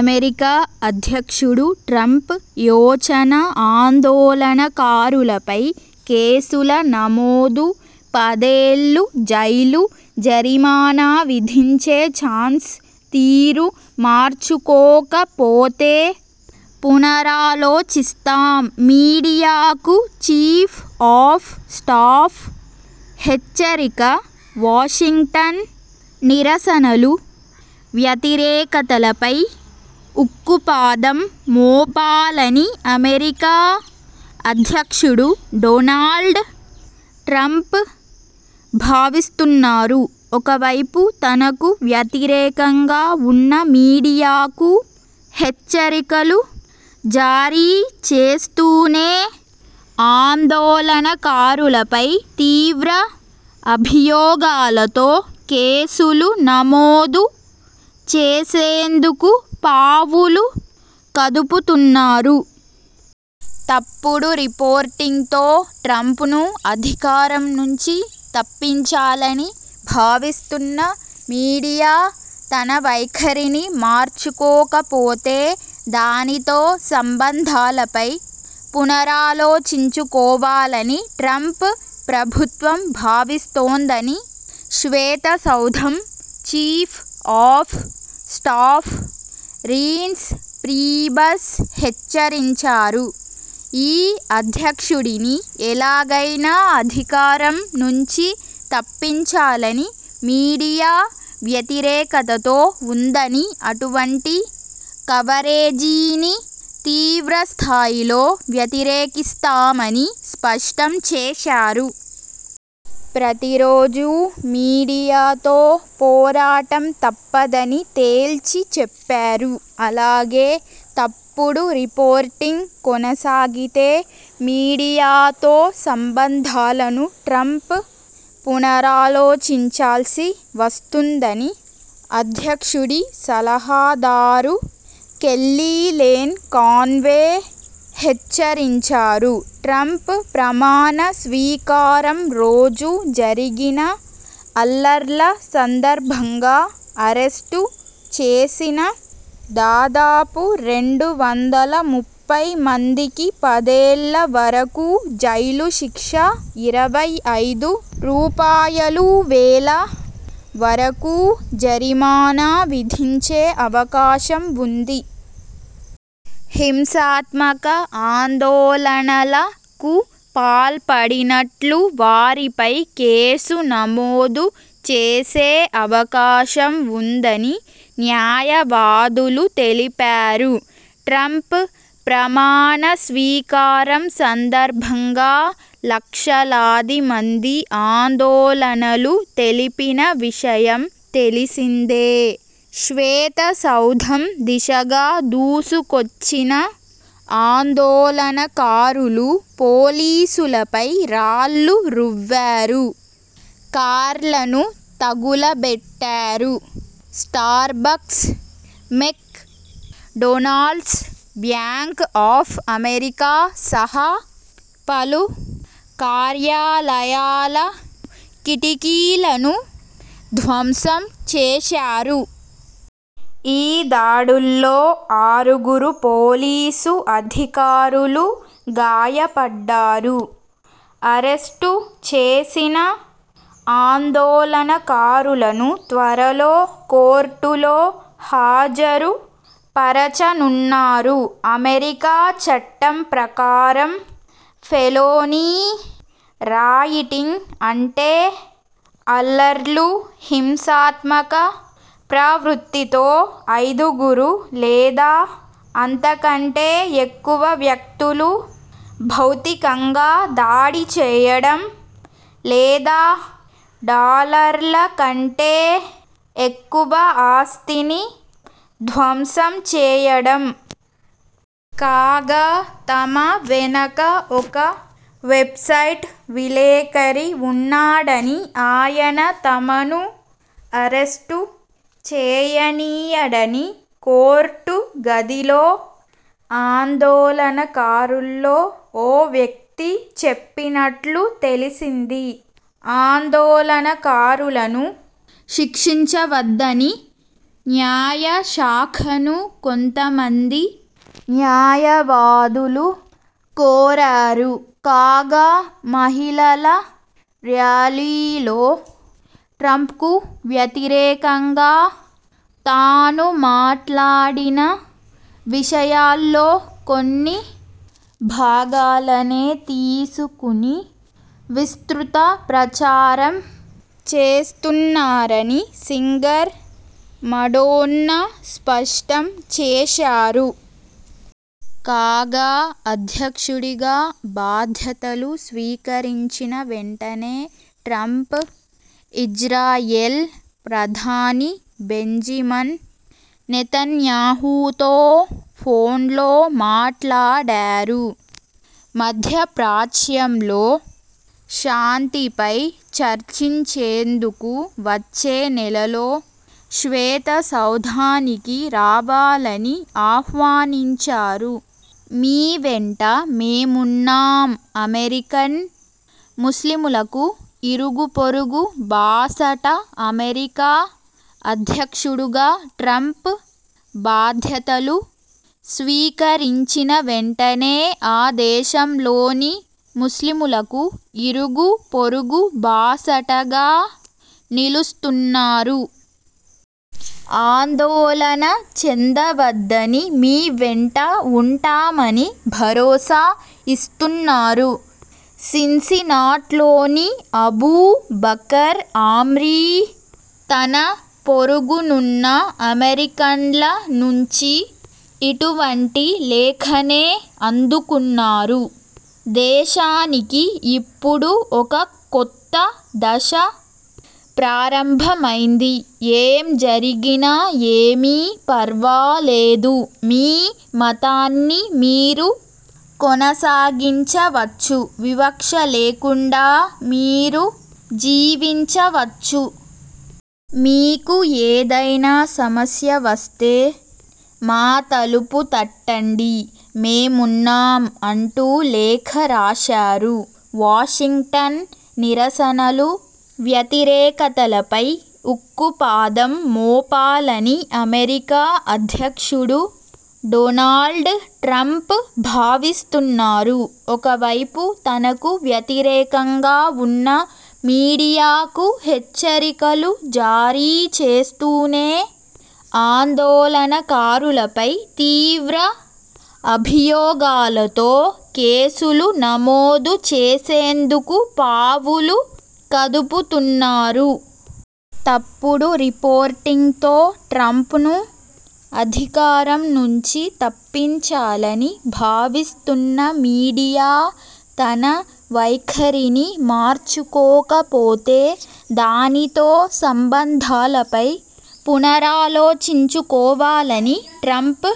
America అధ్యక్షుడు Trump యోచన ఆందోళనకారులపై కేసుల నమోదు పదేళ్ల జైలు, జరిమానా విధించే చాన్స్ తీరు మార్చుకోక పోతే పునరాలోచిస్తాం మీడియాకు చీఫ్ ఆఫ్ స్టాఫ్ హెచ్చరిక వాషింగ్టన్ నిరసనలు, వ్యతిరేకతలపై ఉక్కుపాదం మోపాలని అమెరికా అధ్యక్షుడు డొనాల్డ్ ట్రంప్ భావిస్తున్నారు. ఒకవైపు, తనకు వ్యతిరేకంగా ఉన్న మీడియాకు హెచ్చరికలు జారీ చేస్తూనే, ఆందోళనకారులపై తీవ్ర అభియోగాలతో కేసులు నమోదు చేసేందుకు పావులు కదుపుతున్నారు. తప్పుడు రిపోర్టింగ్తో ట్రంప్ను అధికారం నుంచి తప్పించాలని భావిస్తున్న మీడియా తన వైఖరిని మార్చుకోకపోతే, దానితో సంబంధాలపై పునరాలోచించుకోవాలని ట్రంప్ ప్రభుత్వం భావిస్తోందని శ్వేతసౌధం chief of staff Reince Priebus హెచ్చరించారు. ఈ అధ్యక్షుడిని ఎలాగైనా అధికారం నుంచి తప్పించాలని మీడియా వ్యతిరేకతతో ఉందని, అటువంటి కవరేజీని తీవ్రస్థాయిలో వ్యతిరేకిస్తామని స్పష్టం చేశారు. ప్రతిరోజూ మీడియాతో పోరాటం తప్పదని తేల్చి చెప్పారు. అలాగే, తప్పుడు రిపోర్టింగ్ కొనసాగితే మీడియాతో సంబంధాలను ట్రంప్ పునరాలోచించాల్సి వస్తుందని అధ్యక్షుడి సలహాదారు కెల్లీలేన్ కాన్వే హెచ్చరించారు. ట్రంప్ ప్రమాణ స్వీకారం రోజు జరిగిన అల్లర్ల సందర్భంగా అరెస్టు చేసిన దాదాపు రెండు వందల ముప్పై మందికి పదేళ్ల వరకూ జైలుశిక్ష, ఇరవై ఐదు రూపాయలువేల వరకూ జరిమానా విధించే అవకాశం ఉంది. హింసాత్మక ఆందోళనల కు పాల్పడినట్లు వారిపై కేసు నమోదు చేసే అవకాశం ఉందని న్యాయవాదులు తెలిపారు. ట్రంప్ ప్రమాణ స్వీకారం సందర్భంగా లక్షలాది మంది ఆందోళనలు తెలిపిన విషయం తెలిసిందే. శ్వేతసౌధం దిశగా దూసుకొచ్చిన ఆందోళనకారులు పోలీసులపై రాళ్లు రువ్వారు. కార్లను తగులబెట్టారు. Starbucks, McDonald's, Bank of America సహా పలు కార్యాలయాల కిటికీలను ధ్వంసం చేశారు. ఈ దాడుల్లో ఆరుగురు పోలీసు అధికారులు గాయపడ్డారు. అరెస్టు చేసిన ఆందోళనకారులను త్వరలో కోర్టులో హాజరు పరచనున్నారు. అమెరికా చట్టం ప్రకారం ఫెలోనీ రాయిటింగ్ అంటే, అల్లర్లు, హింసాత్మక ప్రవృత్తితో ఐదుగురు లేదా అంతకంటే ఎక్కువ వ్యక్తులు భౌతికంగా దాడి చేయడం లేదా డాలర్ల కంటే ఎక్కువ ఆస్తిని ధ్వంసం చేయడం. కాగా, తమ వెనక ఒక వెబ్సైట్ విలేకరి ఉన్నాడని, ఆయన తమను అరెస్టు చేయనీయడని కోర్టు గదిలో ఆందోళనకారుల్లో ఓ వ్యక్తి చెప్పినట్లు తెలిసింది. ఆందోళనకారులను శిక్షించవద్దని న్యాయ శాఖను కొంతమంది న్యాయవాదులు కోరారు. కాగా, మహిళల ర్యాలీలో ట్రంప్కు వ్యతిరేకంగా తాను మాట్లాడిన విషయాల్లో కొన్ని భాగాలనే తీసుకుని విస్తృత ప్రచారం చేస్తున్నారని సింగర్ మడోన్నా స్పష్టం చేశారు. కాగా, అధ్యక్షుడిగా బాధ్యతలు స్వీకరించిన వెంటనే ట్రంప్ ఇజ్రాయెల్ ప్రధాని బెంజిమన్ నెతన్యాహూతో ఫోన్లో మాట్లాడారు. మధ్యప్రాచ్యంలో శాంతిపై చర్చించేందుకు వచ్చే నెలలో శ్వేతసౌధానికి రావాలని ఆహ్వానించారు. మీవెంట మేమున్నాం అమెరికన్ ముస్లిములకు ఇరుగుపొరుగు బాసట అమెరికా అధ్యక్షుడుగా ట్రంప్ బాధ్యతలు స్వీకరించిన వెంటనే, ఆ దేశంలోని ముస్లిములకు ఇరుగు పొరుగు బాసటగా నిలుస్తున్నారు. ఆందోళన చెందవద్దని, మీ వెంట ఉంటామని భరోసా ఇస్తున్నారు. సిన్సినాట్లోని అబూ బకర్ ఆమ్రీ తన పొరుగునున్న అమెరికన్ల నుంచి ఇటువంటి లేఖనే అందుకున్నారు. ''దేశానికి ఇప్పుడు ఒక కొత్త దశ ప్రారంభమైంది. ఏం జరిగినా ఏమీ పర్వాలేదు. మీ మతాన్ని మీరు కొనసాగించవచ్చు. వివక్ష లేకుండా మీరు జీవించవచ్చు. మీకు ఏదైనా సమస్య వస్తే మా తలుపు తట్టండి. మేమున్నాం'' అంటూ లేఖ రాశారు. వాషింగ్టన్ నిరసనలు, వ్యతిరేకతలపై ఉక్కుపాదం మోపాలని అమెరికా అధ్యక్షుడు డొనాల్డ్ ట్రంప్ భావిస్తున్నారు. ఒకవైపు, తనకు వ్యతిరేకంగా ఉన్న మీడియాకు హెచ్చరికలు జారీ చేస్తూనే, ఆందోళనకారులపై తీవ్ర అభియోగాలతో కేసులు నమోదు చేసేందుకు పావులు కదుపుతున్నారు. తప్పుడు రిపోర్టింగ్తో ట్రంప్ను అధికారం నుంచి తప్పించాలని భావిస్తున్న మీడియా తన వైఖరిని మార్చుకోకపోతే, దానితో సంబంధాలపై పునరాలోచించుకోవాలని ట్రంప్